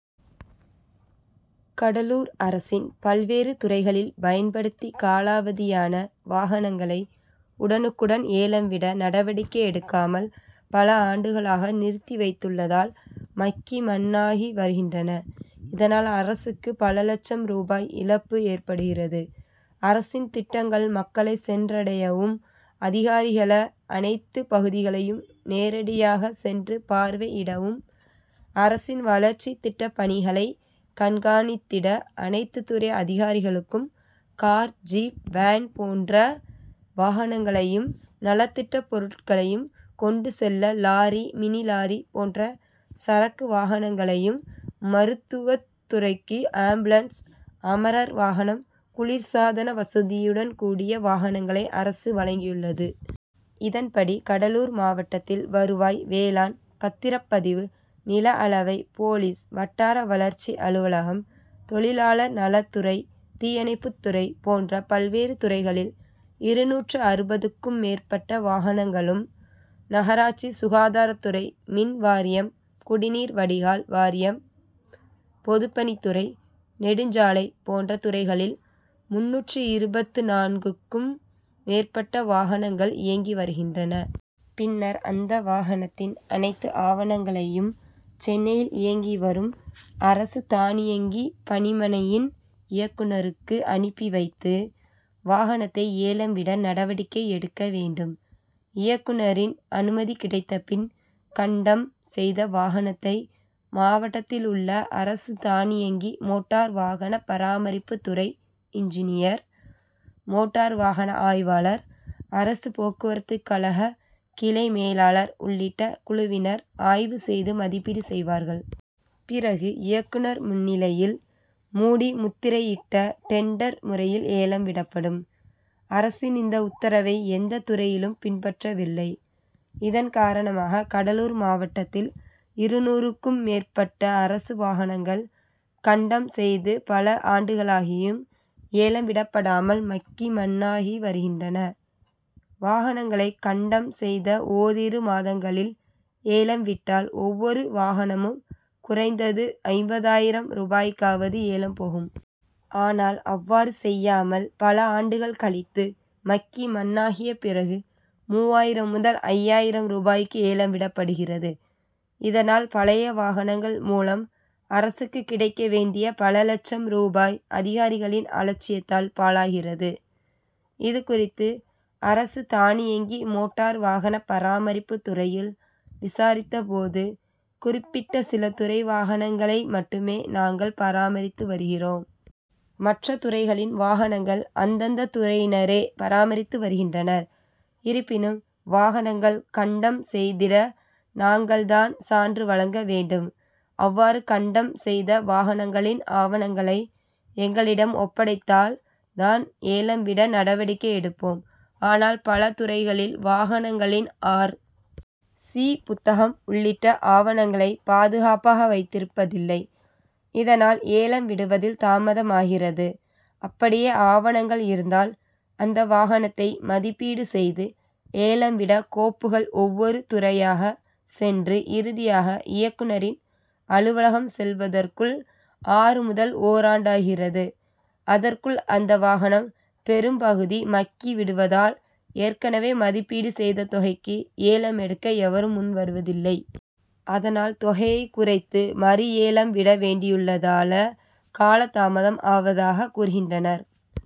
கடலூர் அரசின் பல்வேறு துறைகளில் பயன்படுத்தி காலாவதியான வாகனங்களை உடனுக்குடன் ஏலம் விட நடவடிக்கை எடுக்காமல் பல ஆண்டுகளாக நிறுத்தி வைத்துள் ளதால் மக்கி மண்ணாகி வருகின்றன. இதனால் அரசுக்கு பல லட்சம் ரூபாய் இழப்பு ஏற்படுகிறது. அரசின் திட்டங்கள் மக்களை சென்றடையவும், அதிகாரிகள அனைத்து பகுதிகளையும் நேரடியாக சென்று பார் வையிடவும், அரசின் வளர்ச்சி திட்ட பணிகளை கண்காணித்திட அனைத்து துறை அதிகாரிகளுக்கும் கார், ஜீப், வேன் போன்ற வாகனங்களையும், நலத்திட்ட பொருட்களை கொண்டு செல்ல லாரி, மினிலாரி போன்ற சரக்கு வாகனங்களையும், மருத் துவத் துறைக்கு ஆம்புலன்ஸ், அமரர் வாகனம், குளிர் சாதன வசதியுடன் கூடிய வாகனங்களை அரசு வழங்கியுள்ளது. இதன்படி கடலூர் மாவட்டத்தில் வருவாய், வேளாண், பத்திரப்பதிவு, நில அளவை, போலீஸ், வட்டார வளர்ச்சி அலுவலகம், தொழிலாளர் நலத் துறை, தீயணைப்புத்துறை போன்ற பல்வேறு துறைகளில் இருநூற்று அறுபதுக்கும் மேற்பட்ட வாகனங்களும், நகராட்சி, சுகாதாரத் துறை, மின் வாரியம், குடிநீர் வடிகால் வாரியம், பொதுப்பணித் துறை, நெடுஞ்சாலை போன்ற துறைகளில் முந்நூற்று இருபத்து நான்குக்கும் மேற்பட்ட வாகனங் கள் இயங்கி வருகின்றன. பின்னர் அந்த வாகனத்தின் அனைத்து ஆவணங்களையும் சென்னையில் இயங்கி வரும் அரசு தானியங்கி பணிமனையின் இயக்குனருக்கு அனுப்பி வைத்து வாகனத்தை ஏலம் விட நடவடிக்கை எடுக்க வேண்டும். இயக்குனரின் அனுமதி கிடைத்த பின் கண்டம் செய்த வாகனத்தை மாவட்டத்தில் உள்ள அரசு தானியங்கி மோட்டார் வாகன பராமரிப்பு துறை இன்ஜினியர், மோட்டார் வாகன ஆய்வாளர், அரசு போக்குவரத்து கழக கிளை மேலாளர் உள்ளிட்ட குழுவினர் ஆய்வு செய்து மதிப்பீடு செய்வார்கள். பிறகு இயக்குனர் முன்னிலையில் மூடி முத்திரையிட்ட டெண்டர் முறையில் ஏலம் விடப்படும். அரசின் இந்த உத்தரவை எந்த துறையிலும் பின்பற்றவில்லை. இதன் காரணமாக கடலூர் மாவட்டத்தில் இருநூறுக்கும் மேற்பட்ட அரசு வாகனங்கள் கண்டம் செய்து பல ஆண்டுகளாகியும் ஏலம் விடப்படாமல் மக்கி மண்ணாகி வருகின்றன. வாகனங்களை கண்டம் செய்த ஓரிரு மாதங்களில் ஏலம் விட்டால் ஒவ்வொரு வாகனமும் குறைந்தது ஐம்பதாயிரம் ரூபாய்க்காவது ஏலம் போகும். ஆனால் அவ்வாறு செய்யாமல் பல ஆண்டுகள் கழித்து மக்கி மண்ணாகிய பிறகு மூவாயிரம் முதல் ஐயாயிரம் ரூபாய்க்கு ஏலம் விடப்படுகிறது. இதனால் பழைய வாகனங்கள் மூலம் அரசுக்கு கிடைக்க வேண்டிய பல லட்சம் ரூபாய் அதிகாரிகளின் அலட்சியத்தால் பாழாகிறது. இதுகுறித்து அரசு தானியங்கி மோட்டார் வாகன பராமரிப்பு துறையில் விசாரித்த போது, குறிப்பிட்ட சில துறை வாகனங்களை மட்டுமே நாங்கள் பராமரித்து வருகிறோம். மற்ற துறைகளின் வாகனங்கள் அந்தந்த துறையினரே பராமரித்து வருகின்றனர். இருப்பினும் வாகனங்கள் கண்டம் செய்திட நாங்கள் தான் சான்று வழங்க வேண்டும். அவ்வாறு கண்டம் செய்த வாகனங்களின் ஆவணங்களை எங்களிடம் ஒப்படைத்தால் தான் ஏலம் விட நடவடிக்கை எடுப்போம். ஆனால் பல துறைகளில் வாகனங்களின் ஆர். சி. புத்தகம் உள்ளிட்ட ஆவணங்களை பாதுகாப்பாக வைத்திருப் பதில்லை. இதனால் ஏலம் விடுவதில் தாமதமாகிறது. அப்படியே ஆவணங்கள் இருந்தால் அந்த வாகனத்தை மதிப்பீடு செய்து ஏலம் விட கோப்புகள் ஒவ்வொரு துறையாக சென்று இறுதியாக இயக்குனரின் அலுவலகம் செல்வதற்குள் ஆறு முதல் ஓராண்டாகிறது. அதற்குள் அந்த வாகனம் பெரும் பகுதி மக்கி விடுவதால் ஏற்கனவே மதிப்பீடு செய்த தொகைக்கு ஏலம் எடுக்க எவரும் முன் வருவதில்லை. அதனால் தொகையை குறைத்து மறு ஏலம் விட வேண்டியுள்ளதால காலதாமதம் ஆவதாக கூறுகின்றனர்.